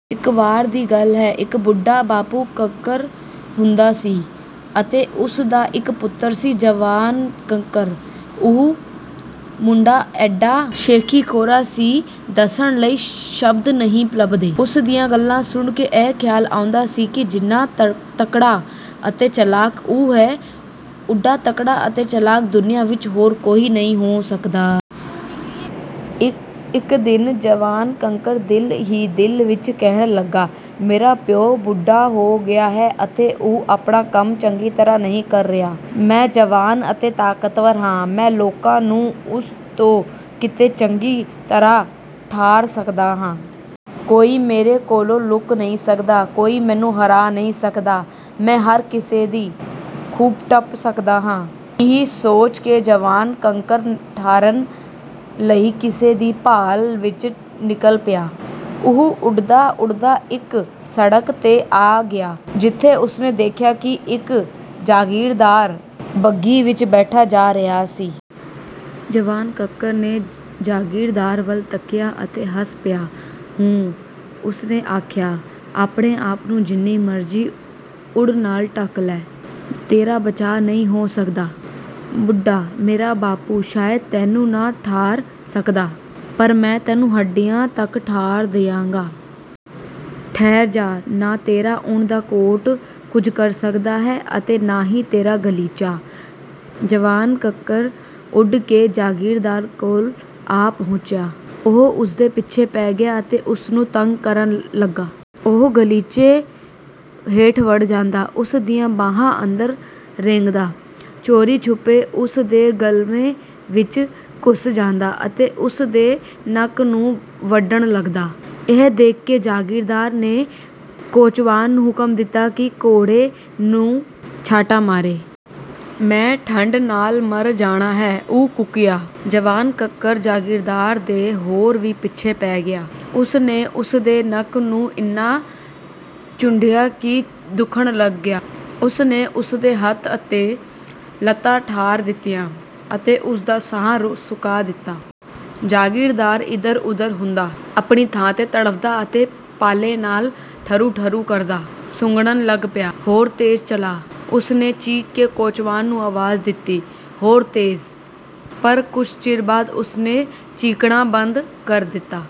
ਇੱਕ ਵਾਰ ਦੀ ਗੱਲ ਹੈ, ਇੱਕ ਬੁੱਢਾ ਬਾਪੂ ਕੱਕਰ ਹੁੰਦਾ ਸੀ ਅਤੇ ਉਸ ਦਾ ਇੱਕ ਪੁੱਤਰ ਸੀ ਜਵਾਨ ਕੱਕਰ। ਉਹ ਮੁੰਡਾ ਐਡਾ ਸ਼ੇਖ਼ੀਖ਼ੋਰਾ ਸੀ ਕਿ ਦੱਸਣ ਲਈ ਸ਼ਬਦ ਨਹੀਂ ਲੱਭਦੇ। ਉਸ ਦੀਆਂ ਗੱਲਾਂ ਸੁਣ ਕੇ ਇਹ ਖ਼ਿਆਲ ਆਉਂਦਾ ਸੀ ਕਿ ਜਿੰਨਾ ਤਕੜਾ ਅਤੇ ਚਲਾਕ ਉਹ ਹੈ, ਉੱਡਾ ਤਕੜਾ ਅਤੇ ਚਲਾਕ ਦੁਨੀਆ ਵਿੱਚ ਹੋਰ ਕੋਈ ਨਹੀਂ ਹੋ ਸਕਦਾ। ਇੱਕ ਦਿਨ ਜਵਾਨ ਕੱਕਰ ਦਿਲ ਹੀ ਦਿਲ ਵਿੱਚ ਕਹਿਣ ਲੱਗਾ, "ਮੇਰਾ ਪਿਓ ਬੁੱਢਾ ਹੋ ਗਿਆ ਹੈ ਅਤੇ ਉਹ ਆਪਣਾ ਕੰਮ ਚੰਗੀ ਤਰ੍ਹਾਂ ਨਹੀਂ ਕਰ ਰਿਹਾ। ਮੈਂ ਜਵਾਨ ਅਤੇ ਤਾਕਤਵਰ ਹਾਂ, ਮੈਂ ਲੋਕਾਂ ਨੂੰ ਉਸ ਤੋਂ ਕਿਤੇ ਚੰਗੀ ਤਰ੍ਹਾਂ ਠਾਰ ਸਕਦਾ ਹਾਂ। ਕੋਈ ਮੇਰੇ ਤੋਂ ਲੁਕ ਨਹੀਂ ਸਕਦਾ, ਕੋਈ ਮੈਨੂੰ ਹਰਾ ਨਹੀਂ ਸਕਦਾ, ਮੈਂ ਹਰ ਕਿਸੇ ਦੀ ਖੁੰਬ ਠੱਪ ਸਕਦਾ ਹਾਂ!" ਇਹ ਸੋਚ ਕੇ ਜਵਾਨ ਕੱਕਰ ਠਾਰਨ ਲਈ ਕਿਸੇ ਦੀ ਭਾਲ ਵਿੱਚ ਨਿਕਲ ਪਿਆ। ਉਹ ਉੱਡਦਾ-ਉੱਡਦਾ ਇੱਕ ਸੜਕ 'ਤੇ ਆ ਗਿਆ, ਜਿੱਥੇ ਉਸ ਨੇ ਦੇਖਿਆ ਕਿ ਇੱਕ ਜਾਗੀਰਦਾਰ ਬੱਘੀ ਵਿੱਚ ਬੈਠਾ ਜਾ ਰਿਹਾ ਸੀ। ਜਵਾਨ ਕੱਕਰ ਨੇ ਜਾਗੀਰਦਾਰ ਵੱਲ ਤੱਕਿਆ ਅਤੇ ਹੱਸ ਪਿਆ। "ਹੂੰ!" ਉਸ ਨੇ ਆਖਿਆ, "ਆਪਣੇ ਆਪ ਨੂੰ ਜਿੰਨੀ ਮਰਜ਼ੀ ਊਣ ਨਾਲ ਢੱਕ ਲੈ, ਤੇਰਾ ਬਚਾਅ ਨਹੀਂ ਹੋ ਸਕਦਾ। ਬੁੱਢਾ, ਮੇਰਾ ਬਾਪੂ, ਸ਼ਾਇਦ ਤੈਨੂੰ ਨਾ ਠਾਰ ਸਕਦਾ, ਪਰ ਮੈਂ ਤੈਨੂੰ ਹੱਡੀਆਂ ਤੱਕ ਠਾਰ ਦਿਆਂਗਾ। ਠਹਿਰ ਜਾ, ਨਾ ਤੇਰਾ ਊਣ ਦਾ ਕੋਟ ਕੁਝ ਕਰ ਸਕਣਾ ਹੈ ਅਤੇ ਨਾ ਹੀ ਤੇਰਾ ਗ਼ਲੀਚਾ।" ਜਵਾਨ ਕੱਕਰ ਉੱਡ ਕੇ ਜਾਗੀਰਦਾਰ ਕੋਲ ਆ ਪਹੁੰਚਿਆ। ਉਹ ਉਸ ਦੇ ਪਿੱਛੇ ਪੈ ਗਿਆ ਅਤੇ ਓਸ ਨੂੰ ਤੰਗ ਕਰਨ ਲੱਗਾ। ਓਹ ਗ਼ਲੀਚੇ ਹੇਠ ਵੜ ਜਾਂਦਾ, ਉਸ ਦੀਆਂ ਬਾਹਾਂ ਅੰਦਰ ਰਿੰਗਦਾ, ਚੋਰੀ-ਛਿਪੇ ਉਸ ਦੇ ਗਲਮੇ ਵਿੱਚ ਘੁਸ ਜਾਂਦਾ ਅਤੇ ਉਸ ਦੇ ਨੱਕ ਨੂੰ ਵੱਢਣ ਲੱਗਦਾ। ਇਹ ਦੇਖ ਕੇ ਜਾਗੀਰਦਾਰ ਨੇ ਕੋਚਵਾਨ ਨੂੰ ਹੁਕਮ ਦਿੱਤਾ ਕਿ ਘੋੜੇ ਨੂੰ ਛਾਂਟਾ ਮਾਰੇ। "ਮੈਂ ਠੰਢ ਨਾਲ ਮਰ ਜਾਣਾ ਹੈ!" ਉਹ ਕੂਕਿਆ। ਜਵਾਨ ਕੱਕਰ ਜਾਗੀਰਦਾਰ ਦੇ ਹੋਰ ਵੀ ਪਿੱਛੇ ਪੈ ਗਿਆ। ਉਸ ਨੇ ਉਸ ਦੇ ਨੱਕ ਨੂੰ ਇੰਨਾ ਚੂੰਢਿਆ ਕਿ ਦੁਖਣ ਲੱਗ ਪਿਆ। ਉਸ ਨੇ ਉਸ ਦੇ ਹੱਥ ਅਤੇ ਲੱਤਾਂ ਠਾਰ ਦਿੱਤੀਆਂ ਅਤੇ ਉਸ ਦਾ ਸਾਹ ਸੁਕਾ ਦਿੱਤਾ। ਜਾਗੀਰਦਾਰ ਇੱਧਰ-ਓਧਰ ਹੁੰਦਾ, ਆਪਣੀ ਥਾਂ 'ਤੇ ਤੜਫਦਾ ਅਤੇ ਪਾਲੇ ਨਾਲ ਠਰੂ-ਠਰੂ ਕਰਦਾ ਸੁੰਗੜਨ ਲੱਗ ਪਿਆ। "ਹੋਰ ਤੇਜ਼ ਚਲਾ!" ਉਸ ਨੇ ਚੀਕ ਕੇ ਕੋਚਵਾਨ ਨੂੰ ਆਵਾਜ਼ ਦਿੱਤੀ, "ਹੋਰ ਤੇਜ਼!" ਪਰ ਕੁਝ ਚਿਰ ਬਾਅਦ ਉਸ ਨੇ ਚੀਕਣਾ ਬੰਦ ਕਰ ਦਿੱਤਾ।